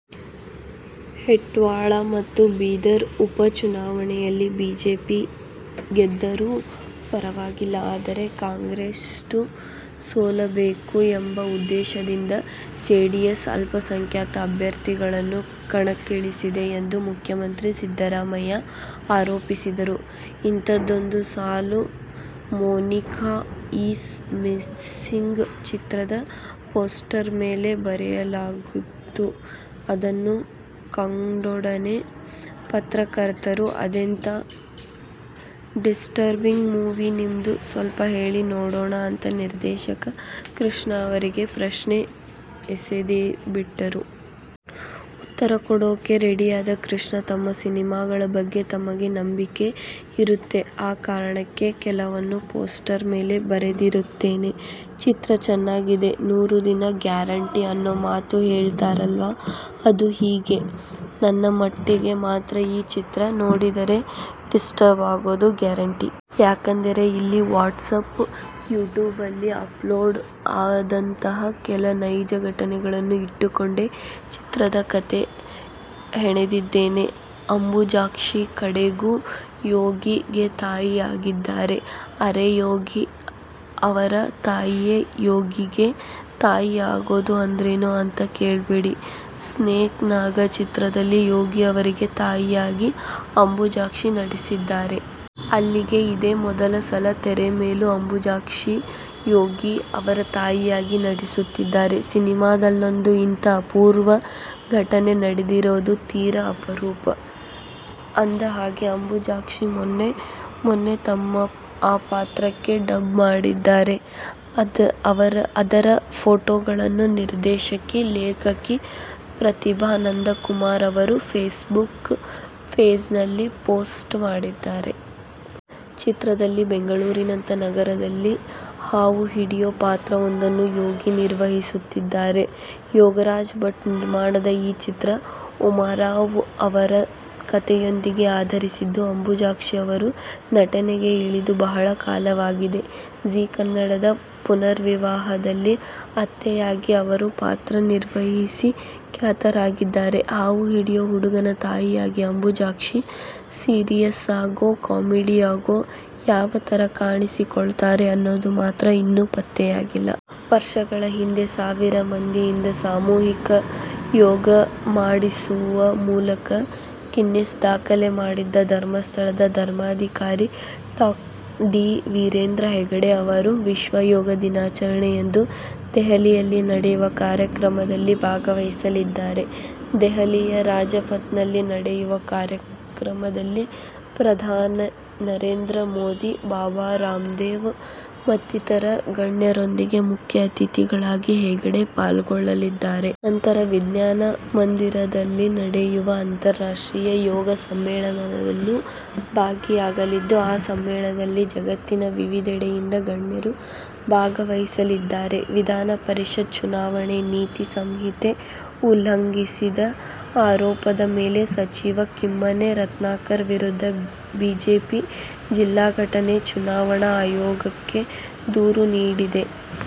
ಹೆಬ್ಟಾಳ ಮತ್ತು ಬೀದರ ಉಪ ಚುನಾವಣೆಯಲ್ಲಿ ಬಿಜೆಪಿ ಗೆದ್ದರೂ ಪರವಾಗಿಲ್ಲ. ಆದರೆ, ಕಾಂಗ್ರೆಸ್ನ್ನು ಸೋಲಿಸಬೇಕು ಎಂಬ ಉದ್ದೇಶದಿಂದ ಜೆಡಿಎಸ್ ಅಲ್ಪಸಂಖ್ಯಾತ ಅಭ್ಯರ್ಥಿಗಳನ್ನು ಕಣಕ್ಕಿಳಿಸಿದೆ ಎಂದು ಮುಖ್ಯಮಂತ್ರಿ ಸಿದ್ದರಾಮಯ್ಯ ಆರೋಪಿಸಿದರು. "ಇಂಥದ್ದೊಂದು ಸಾಲು "ಮೊನಿಕಾ ಈಸ್ ಮಿಸ್ಸಿಂಗ್' ಚಿತ್ರದ ಪೋಸ್ಟರ್ ಮೇಲೆ ಬರೆಯಲಾಗಿತ್ತು. ಅದನ್ನು ಕಂಡೊಡನೆ ಪತ್ರಕರ್ತರು, "ಅದೆಂಥಾ ಡಿಸ್ಟರ್ಬಿಂಗ್ ಮೂವೀ ನಿಮ್ದು, ಸ್ವಲ್ಪ ಹೇಳಿ ನೋಡೋಣ' ಅಂತ ನಿರ್ದೇಶಕ ಕೃಷ್ಣ ಅವರಿಗೆ ಪ್ರಶ್ನೆ ಎಸೆದೇಬಿಟ್ಟರು. ಉತ್ತರ ಕೊಡೋಕೆ ರೆಡಿಯಾದ ಕೃಷ್ಣ, "ತಮ್ಮ ಸಿನಿಮಾಗಳ ಬಗ್ಗೆ ತಮಗೆ ನಂಬಿಕೆ ಇರುತ್ತೆ. ಆ ಕಾರಣಕ್ಕೆ ಕೆಲವನ್ನು ಪೋಸ್ಟರ್ ಮೇಲೆ ಬರೆದಿರುತ್ತೇವೆ. ಚಿತ್ರ ಚೆನ್ನಾಗಿದೆ, ನೂರುದಿನ ಗ್ಯಾರಂಟಿ ಅನ್ನೋ ಮಾತು ಹೇಳ್ತಾರಲ್ವಾ. ಅದು ಹೀಗೆ, ನನ್ನ ಮಟ್ಟಿಗೆ ಮಾತ್ರ ಈ ಚಿತ್ರ ನೋಡಿದರೆ ಡಿಸ್ಟರ್ಬ್ ಆಗೋದು ಗ್ಯಾರಂಟಿ. ಯಾಕೆಂದರೆ, ಇಲ್ಲಿ ವಾಟ್ಸಾಪ್, ಯೂಟ್ಯೂಬ್ನಲ್ಲಿ ಅಪ್ಲೋಡ್ ಆದಂತಹ ಕೆಲ ನೈಜ ಘಟನೆಗಳನ್ನು ಇಟ್ಟುಕೊಂಡೇ ಚಿತ್ರದ ಕಥೆ ಹೆಣೆದಿದ್ದೇನೆ. ಅಂಬುಜಾಕ್ಷಿ ಕಡೆಗೂ "ಯೋಗಿ'ಗೆ ತಾಯಿಯಾಗಿದ್ದಾರೆ! ಅರೆ, ಯೋಗಿ ಅವರ ತಾಯಿಯೇ ಯೋಗಿಗೆ ತಾಯಿ ಆಗೋದು ಅಂದ್ರೇನು ಅಂತ ಕೇಳ್ಬೇಡಿ. "ಸ್ನೇಕ್ ನಾಗ' ಚಿತ್ರದಲ್ಲಿ ಯೋಗಿ ಅವರಿಗೆ ತಾಯಿಯಾಗಿ ಅಂಬುಜಾಕ್ಷಿ ನಟಿಸುತ್ತಿದ್ದಾರೆ. ಅಲ್ಲಿಗೆ ಇದೇ ಮೊದಲ ಸಲ ತೆರೆ ಮೇಲೂ ಅಂಬುಜಾಕ್ಷಿ ಯೋಗಿ ಅವರ ತಾಯಿಯಾಗಿ ನಟಿಸುತ್ತಿದ್ದಾರೆ. ಸಿನಿಮಾದಲ್ಲೊಂದು ಇಂಥ ಅಪೂರ್ವ ಘಟನೆ ನಡೆಯೋದು ತೀರ ಅಪರೂಪ. ಅಂದಹಾಗೆ, ಅಂಬುಜಾಕ್ಷಿ ಮೊನ್ನೆ ಮೊನ್ನೆ ತಮ್ಮ ಆ ಪಾತ್ರಕ್ಕೆ ಡಬ್ ಮಾಡಿದ್ದಾರೆ. ಅದರ ಫೋಟೋಗಳನ್ನು ನಿರ್ದೇಶಕಿ, ಲೇಖಕಿ ಪ್ರತಿಭಾ ನಂದಕುಮಾರ್ ಅವರು ಫೇಸ್ಬುಕ್ ಪೇಜ್ನಲ್ಲಿ ಪೋಸ್ಟ್ ಮಾಡಿದ್ದಾರೆ. ಚಿತ್ರದಲ್ಲಿ ಬೆಂಗಳೂರಿನಂಥ ನಗರದಲ್ಲಿ ಹಾವು ಹಿಡಿಯೋ ಪಾತ್ರವೊಂದನ್ನು ಯೋಗಿ ನಿರ್ವಹಿಸುತ್ತಿದ್ದಾರೆ. ಯೋಗರಾಜ್ ಭಟ್ ನಿರ್ಮಾಣದ ಈ ಚಿತ್ರ ಉಮಾರಾವ್ ಅವರ ಕತೆಯೊಂದನ್ನು ಆಧರಿಸಿದ್ದು. ಅಂಬುಜಾಕ್ಷಿ ಅವರು ನಟನೆಗೆ ಇಳಿದು ಬಹಳ ಕಾಲವಾಗಿದೆ. ಝಿ ಕನ್ನಡದ "ಪುನರ್ವಿವಾಹ'ದಲ್ಲಿ ಅತ್ತೆಯಾಗಿ ಅವರು ಪಾತ್ರ ನಿರ್ವಹಿಸಿ ಖ್ಯಾತರಾಗಿದ್ದಾರೆ. ಹಾವು ಹಿಡಿಯೋ ಹುಡುಗನ ತಾಯಿಯಾಗಿ ಅಂಬುಜಾಕ್ಷಿ ಸೀರಿಯಸ್ಸಾಗೋ, ಕಾಮಿಡಿಯಾಗೋ- ಯಾವ ಥರ ಕಾಣಿಸಿಕೊಳ್ತಾರೆ ಅನ್ನೋದು ಮಾತ್ರ ಇನ್ನೂ ಪತ್ತೆಯಾಗಿಲ್ಲ. ವರ್ಷದ ಹಿಂದೆ ಸಾವಿರ ಮಂದಿಯಿಂದ ಸಾಮೂಹಿಕ ಯೋಗ ಮಾಡಿಸುವ ಮೂಲಕ ಗಿನ್ನೆಸ್ ದಾಖಲೆ ಮಾಡಿದ್ದ ಧರ್ಮಸ್ಥಳದ ಧರ್ಮಾಧಿಕಾರಿ ಡಾ ಡಿ. ವೀರೇಂದ್ರ ಹೆಗ್ಗಡೆ ಅವರು ವಿಶ್ವ ಯೋಗ ದಿನಾಚರಣೆಯಂದು ದೆಹಲಿಯಲ್ಲಿ ನಡೆಯುವ ಕಾರ್ಯಕ್ರಮದಲ್ಲಿ ಭಾಗವಹಿಸಲಿದ್ದಾರೆ. ದೆಹಲಿಯ ರಾಜಪಥ್ನಲ್ಲಿ ನಡೆಯುವ ಕಾರ್ಯಕ್ರಮದಲ್ಲಿ ಪ್ರಧಾನಿ ನರೇಂದ್ರ ಮೋದಿ, ಬಾಬಾ ರಾಮ್ದೇವ್ ಮತ್ತಿತರ ಗಣ್ಯರೊಂದಿಗೆ ಮುಖ್ಯ ಅತಿಥಿಗಳಾಗಿ ಹೆಗ್ಗಡೆ ಪಾಲ್ಗೊಳ್ಳಲಿದ್ದಾರೆ. ನಂತರ ವಿಜ್ಞಾನ ಮಂದಿರದಲ್ಲಿ ನಡೆಯುವ ಅಂತಾರಾಷ್ಟ್ರೀಯ ಯೋಗ ಸಮ್ಮೇಳನದಲ್ಲೂ ಭಾಗಿಯಾಗಲಿದ್ದು, ಆ ಸಮ್ಮೇಳನದಲ್ಲಿ ಜಗತ್ತಿನ ವಿವಿಧೆಡೆಯಿಂದ ಗಣ್ಯರು ಭಾಗವಹಿಸಲಿದ್ದಾರೆ. ವಿಧಾನ ಪರಿಷತ್ ಚುನಾವಣೆ ನೀತಿ ಸಂಹಿತೆ ಉಲ್ಲಂಘಿಸಿದ ಆರೋಪದ ಮೇಲೆ ಸಚಿವ ಕಿಮ್ಮನೆ ರತ್ನಾಕರ್ ವಿರುದ್ಧ ಬಿಜೆಪಿ ಜಿಲ್ಲಾ ಘಟಕ ಚುನಾವಣಾ ಆಯೋಗಕ್ಕೆ ದೂರು ನೀಡಿದೆ.